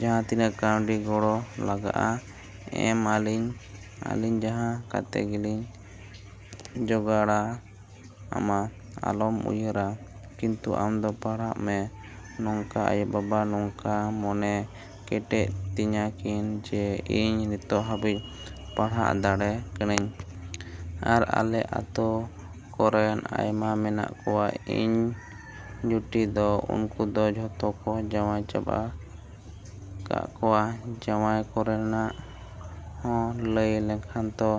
ᱡᱟᱦᱟᱸ ᱛᱤᱱᱟᱹᱜ ᱠᱟᱹᱣᱰᱤ ᱜᱚᱲᱚ ᱞᱟᱜᱟᱜᱼᱟ ᱮᱢ ᱟᱹᱞᱤᱧ ᱟᱹᱞᱤᱧ ᱡᱟᱦᱟᱸ ᱠᱟᱛᱮ ᱜᱮᱞᱤᱧ ᱡᱚᱜᱟᱲᱟ ᱟᱢᱟ ᱟᱞᱚᱢ ᱩᱭᱦᱟᱹᱨᱟ ᱠᱤᱱᱛᱩ ᱟᱢᱫᱚ ᱯᱟᱲᱦᱟᱜ ᱢᱮ᱾ ᱱᱚᱝᱠᱟ ᱟᱭᱳᱼᱵᱟᱵᱟ ᱱᱚᱝᱠᱟ ᱢᱚᱱᱮ ᱠᱮᱴᱮᱡ ᱛᱤᱧᱟ ᱠᱤᱱ ᱡᱮ ᱤᱧ ᱱᱤᱛᱚᱜ ᱦᱟᱹᱵᱤᱡ ᱯᱟᱲᱦᱟᱜ ᱫᱟᱲᱮ ᱠᱟᱹᱱᱟᱹᱧ᱾ ᱟᱨ ᱟᱞᱮ ᱟᱛᱳ ᱠᱚᱨᱮᱱ ᱟᱭᱢᱟ ᱢᱮᱱᱟᱜ ᱠᱚᱣᱟ ᱤᱧ ᱡᱩᱴᱤ ᱫᱚ ᱩᱱᱠᱩ ᱫᱚ ᱡᱷᱚᱛᱚ ᱠᱚ ᱡᱟᱶᱟᱭ ᱪᱟᱵᱟ ᱠᱟᱜ ᱠᱚᱣᱟ᱾ ᱡᱟᱶᱟᱭ ᱠᱚᱨᱮᱱᱟᱜ ᱦᱚᱸ ᱞᱟᱹᱭ ᱞᱮᱠᱷᱟᱱ ᱠᱚ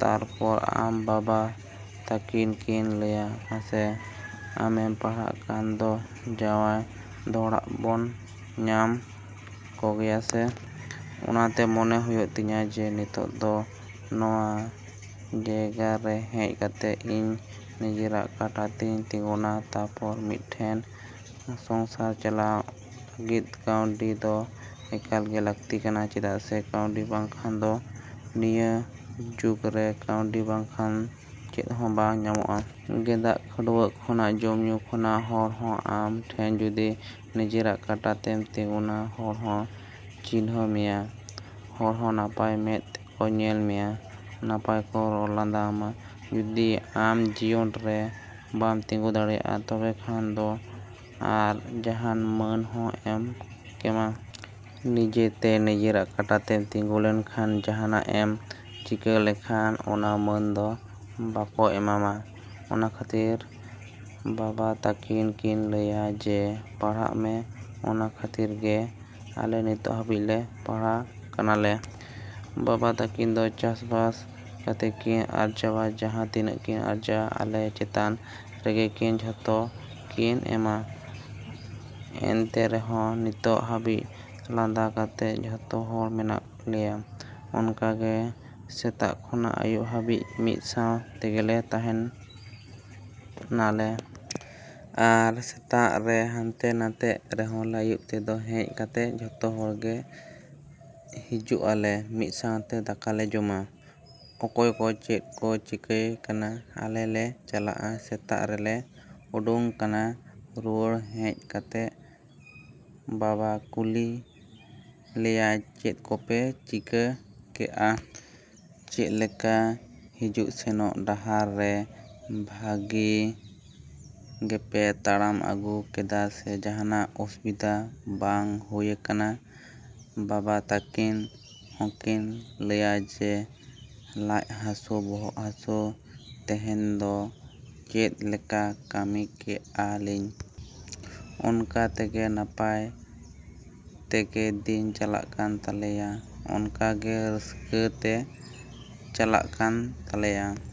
ᱛᱟᱨᱯᱚᱨ ᱟᱢ ᱵᱟᱵᱟ ᱛᱟᱠᱤᱱ ᱠᱤᱱ ᱞᱟᱹᱭᱟ ᱢᱟᱥᱮ ᱟᱢᱮᱢ ᱯᱟᱲᱦᱟᱜ ᱠᱟᱱ ᱫᱚ ᱡᱟᱶᱟᱭ ᱫᱚᱦᱟᱜ ᱵᱚᱱ ᱧᱟᱢ ᱠᱚᱜᱮᱭᱟᱥᱮ᱾ ᱚᱱᱟᱦᱚᱸ ᱢᱚᱱᱮ ᱦᱩᱭᱩᱜ ᱛᱤᱧᱟ ᱡᱮ ᱱᱤᱛᱚᱜ ᱫᱚ ᱱᱚᱣᱟ ᱡᱟᱭᱜᱟ ᱨᱮ ᱦᱮᱡ ᱠᱟᱛᱮ ᱤᱧ ᱱᱤᱡᱮᱨᱟᱜ ᱠᱟᱴᱟ ᱛᱤᱧ ᱛᱤᱸᱜᱩᱱᱟ ᱛᱟᱨᱯᱚᱨ ᱢᱤᱫᱴᱮᱱ ᱥᱚᱝᱥᱟᱨ ᱪᱟᱞᱟᱣ ᱞᱟᱹᱜᱤᱫ ᱠᱟᱹᱣᱰᱤ ᱫᱚ ᱮᱠᱟᱞᱜᱮ ᱞᱟᱹᱠᱛᱤ ᱠᱟᱱᱟ ᱪᱮᱫᱟᱜ ᱥᱮ ᱠᱟᱹᱣᱰᱤ ᱵᱟᱝᱠᱷᱟᱱ ᱫᱚ ᱱᱤᱭᱟᱹ ᱡᱩᱜᱽᱨᱮ ᱠᱟᱹᱣᱰᱤ ᱵᱟᱝᱠᱷᱟᱱ ᱪᱮᱫ ᱦᱚᱸ ᱵᱟᱝ ᱧᱟᱢᱚᱜᱼᱟ᱾ ᱜᱮᱸᱫᱟᱜ ᱠᱷᱟᱹᱰᱩᱣᱟᱹᱜ ᱠᱷᱚᱱᱟᱜ ᱡᱚᱢ ᱧᱩ ᱠᱷᱚᱱᱟᱜ ᱦᱚᱲ ᱦᱚᱸ ᱟᱢ ᱴᱷᱮᱱ ᱡᱩᱫᱤ ᱱᱤᱡᱮᱨᱟᱜ ᱠᱟᱴᱟ ᱛᱮᱢ ᱛᱤᱸᱜᱩᱱᱟ ᱦᱚᱲ ᱠᱚ ᱪᱤᱱᱦᱟᱹᱣ ᱢᱮᱭᱟ᱾ ᱦᱚᱲ ᱦᱚᱸ ᱱᱟᱯᱟᱭ ᱢᱮᱫ ᱛᱮᱠᱚ ᱧᱮᱞ ᱢᱮᱭᱟ, ᱱᱟᱯᱟᱭ ᱠᱚ ᱨᱚᱲ ᱞᱟᱸᱫᱟ ᱟᱢᱟ᱾ ᱡᱩᱫᱤ ᱟᱢ ᱡᱤᱭᱚᱱ ᱨᱮ ᱵᱟᱢ ᱛᱤᱸᱜᱩ ᱫᱟᱲᱮᱭᱟᱜᱼᱟ ᱛᱚᱵᱮ ᱠᱷᱟᱱ ᱫᱚ ᱟᱨ ᱡᱟᱦᱟᱱ ᱢᱟᱹᱱ ᱦᱚ ᱮᱢ ᱠᱮᱢᱟ᱾ ᱱᱤᱡᱮᱛᱮ ᱱᱤᱡᱮᱨᱟᱜ ᱠᱟᱴᱟ ᱛᱮᱢ ᱛᱤᱸᱜᱩ ᱞᱮᱱᱠᱷᱟᱱ ᱡᱟᱦᱟᱱᱟᱜ ᱮᱢ ᱪᱤᱠᱟᱹ ᱞᱮᱠᱷᱟᱱ ᱚᱱᱟ ᱢᱟᱹᱱ ᱫᱚ ᱵᱟᱠᱚ ᱮᱢᱟᱢᱟ᱾ ᱚᱱᱟ ᱠᱷᱟᱹᱛᱤᱨ ᱵᱟᱵᱟ ᱛᱟᱹᱠᱤᱱ ᱠᱤᱱ ᱞᱟᱹᱭᱟ ᱡᱮ ᱯᱟᱲᱦᱟᱜ ᱯᱮ᱾ ᱚᱱᱟ ᱠᱷᱟᱹᱛᱤᱨ ᱜᱮ ᱟᱞᱮ ᱱᱤᱛᱚᱜ ᱦᱟᱹᱵᱤᱡ ᱞᱮ ᱯᱟᱲᱦᱟᱜ ᱠᱟᱱᱟᱞᱮ᱾ ᱵᱟᱵᱟ ᱛᱟᱹᱠᱤᱱ ᱫᱚ ᱪᱟᱥᱼᱵᱟᱥ ᱠᱟᱛᱮ ᱠᱤᱱ ᱟᱨᱡᱟᱣᱟ᱾ ᱡᱟᱦᱟᱸ ᱛᱤᱱᱟᱹᱜ ᱠᱤᱱ ᱟᱨᱡᱟᱣᱟ ᱟᱞᱮ ᱪᱮᱛᱟᱱ ᱨᱮᱜᱮᱠᱤᱱ ᱡᱷᱚᱛᱚ ᱠᱤᱱ ᱮᱢᱟ᱾ ᱮᱱᱛᱮ ᱨᱮᱦᱚᱸ ᱱᱤᱛᱚᱜ ᱦᱟᱹᱵᱤᱡ ᱞᱟᱸᱫᱟ ᱠᱟᱛᱮ ᱡᱷᱚᱛᱚ ᱦᱚᱲ ᱢᱮᱱᱟᱜ ᱞᱮᱭᱟ᱾ ᱚᱱᱠᱟ ᱜᱮ ᱥᱮᱛᱟᱜ ᱠᱷᱚᱱᱟᱜ ᱟᱹᱭᱩᱵ ᱦᱟᱹᱵᱤᱡ ᱢᱤᱫ ᱥᱟᱶ ᱛᱮᱜᱮᱞᱮ ᱛᱟᱦᱮᱸ ᱱᱟᱞᱮ᱾ ᱟᱨ ᱥᱮᱛᱟᱜ ᱨᱮ ᱦᱟᱱᱛᱮ ᱱᱷᱟᱛᱮᱜ ᱨᱮᱦᱚᱸ ᱞᱮ ᱟᱹᱭᱩᱵ ᱛᱮᱫᱚ ᱦᱮᱡ ᱠᱟᱛᱮ ᱡᱷᱚᱛᱚ ᱦᱚᱲᱜᱮ ᱦᱤᱡᱩᱜ ᱟᱞᱮ᱾ ᱢᱤᱫ ᱥᱟᱶᱛᱮ ᱫᱟᱠᱟᱞᱮ ᱡᱚᱢᱟ᱾ ᱚᱠᱚᱭ ᱠᱚ ᱪᱮᱫ ᱠᱚ ᱪᱤᱠᱟᱹᱣ ᱠᱟᱱᱟ ᱟᱞᱮ ᱞᱮ ᱪᱟᱞᱟᱜᱼᱟ ᱥᱮᱛᱟᱜ ᱨᱮᱞᱮ ᱩᱰᱩᱝ ᱠᱟᱱᱟ᱾ ᱨᱩᱣᱟᱹᱲ ᱦᱮᱡ ᱠᱟᱛᱮ ᱵᱟᱵᱟ ᱠᱩᱞᱤ ᱞᱮᱭᱟᱭ ᱪᱮᱫ ᱠᱚᱯᱮ ᱪᱤᱠᱟᱹ ᱠᱮᱜᱼᱟ? ᱪᱮᱫ ᱞᱮᱠᱟ ᱦᱤᱡᱩᱜ ᱥᱮᱱᱚᱜ ᱰᱟᱦᱟᱨ ᱨᱮ ᱵᱷᱟᱹᱜᱤ ᱜᱮᱯᱮ ᱛᱟᱲᱟᱢ ᱟᱹᱜᱩ ᱠᱟᱫᱟ ᱥᱮ ᱡᱟᱦᱟᱱᱟᱜ ᱚᱥᱩᱵᱤᱫᱷᱟ ᱵᱟᱝ ᱦᱩᱭ ᱠᱟᱱᱟ᱾ ᱵᱟᱵᱟ ᱛᱟᱹᱠᱤᱱ ᱦᱚᱸᱠᱤᱱ ᱞᱟᱹᱭᱟ ᱡᱮ ᱞᱟᱡ ᱦᱟᱹᱥᱩ ᱵᱚᱦᱚᱜ ᱦᱟᱹᱥᱩ ᱛᱮᱦᱮᱧ ᱫᱚ ᱪᱮᱫ ᱞᱮᱠᱟ ᱠᱟᱹᱢᱤ ᱠᱮᱜᱼᱟ ᱞᱤᱧ᱾ ᱚᱱᱠᱟ ᱛᱮᱜᱮ ᱱᱟᱯᱟᱭ ᱛᱮᱜᱮ ᱫᱤᱱ ᱪᱟᱞᱟᱜ ᱠᱟᱱ ᱛᱟᱞᱮᱭᱟ᱾ ᱚᱱᱠᱟᱜᱮ ᱨᱟᱹᱥᱠᱟᱹ ᱛᱮ ᱪᱟᱞᱟᱜ ᱠᱟᱱ ᱛᱟᱞᱮᱭᱟ᱾।